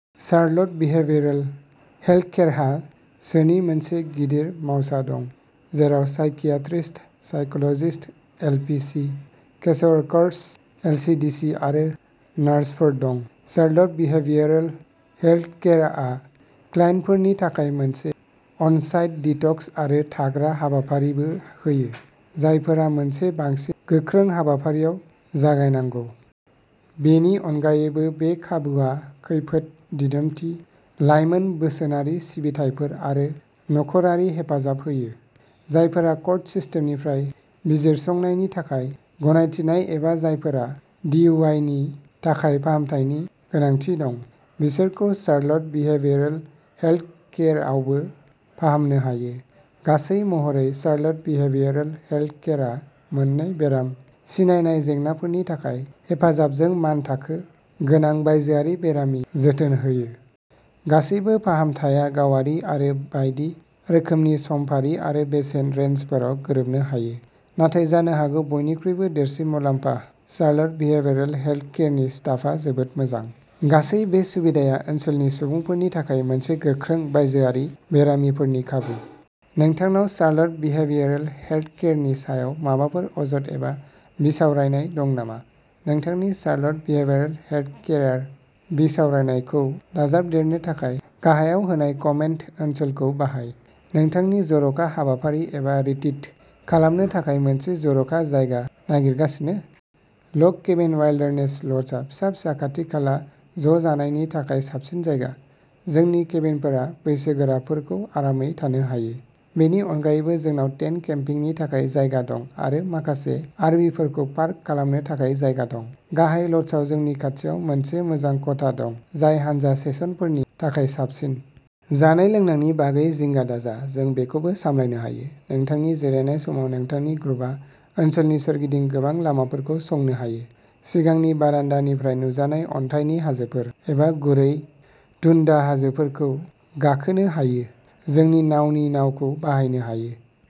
Charlotte behavioural हेल्थकेयारहा सोनि मोनसे गिदिर मावसा दं, जेराव psychiatrist, psychologist, LPC, caseworkers, LCDC आरो नार्सफोर दं। शार्लट बिहेवियरल हेल्थकेयारआ क्लाइन्टफोरनि थाखाय मोनसे अन-साइट डिटक्स आरो थाग्रा हाबाफारिबो होयो, जायफोरा मोनसे बांसिन गोख्रों हाबाफारियाव जागायनांगौ। बेनि अनगायैबो, बे खाबुआ खैफोद दिदोमथि, लाइमोन बोसोनारि सिबिथाइफोर आरो नखरारि हेफाजाब होयो। जायफोरा कर्ट सिस्टेमनिफ्राय बिजिरसंनायनि थाखाय गनायथिनाय एबा जायफोरा डिइउआइनि थाखाय फाहामथायनि गोनांथि दं, बिसोरखौ शार्लट बिहेवियरल हेल्थकेयारआवबो फाहामनो हायो। गासै महरै, शार्लट बिहेवियरल हेल्थकेयारआ मोन्नै बेराम सिनायनाय जेंनाफोरनि थाखाय हेफाजाबजों मानथाखो गोनां बायजोआरि बेरामि जोथोन होयो। गासैबो फाहामथाया गावारि आरो बायदि रोखोमनि समफारि आरो बेसेन रेन्जफोराव गोरोबनो हायो, नाथाय जानो हागौ बयनिख्रुइबो देरसिन मुलाम्फा शार्लट बिहेवियरल हेल्थकेयारनि स्टाफआ जोबोद मोजां। गासै बे सुबिदाया ओनसोलनि सुबुंफोरनि थाखाय मोनसे गोख्रों बायजोआरि बेरामिफोरनि खाबु। नोंथांनाव शार्लट बिहेवियरल हेल्थकेयारनि सायाव माबाफोर अजद एबा बिसावरायनाय दं नामा? नोंथांनि शार्लट बिहेवियरल हेल्थकेयार बिसावरायनायखौ दाजाबदेरनो थाखाय गाहायाव होनाय कमेन्ट ओनसोलखौ बाहाय। नोंथांनि जर'खा हाबाफारि एबा रिट्रिट खालामनो थाखाय मोनसे जर'खा जायगा नागिरगासिनो? लग केबिन वाइल्डारनेस ल'जआ फिसा-फिसा खाथि-खाला ज'जानायनि थाखाय साबसिन जायगा। जोंनि केबिनफोरा बैसोगोराफोरखौ आरामै थानो हायो। बेनि अनगायैबो जोंनाव टेन्ट केम्पिंनि थाखाय जायगा दं आरो माखासे आरभिफोरखौ पार्क खालामनो थाखाय जायगा दं। गाहाय ल'जआव जोंनि खाथियाव मोनसे मोजां खथा दं जाय हानजा सेसनफोरनि थाखाय साबसिन। जानाय-लोंनायनि बागै जिंगा दाजा, जों बेखौबो सामलायनो हायो। नोंथांनि जिरायनाय समाव नोंथांनि ग्रुपआ ओनसोलनि सोरगिदिं गोबां लामाफोरखौ संनो हायो, सिगांनि बारान्दानिफ्राय नुजानाय अन्थाइनि हाजोफोर एबा गुरै टुन्ड्रा हाजोफोरखौ गाखोनो हायो, जोंनि नावनि नावखौ बाहायनो हायो।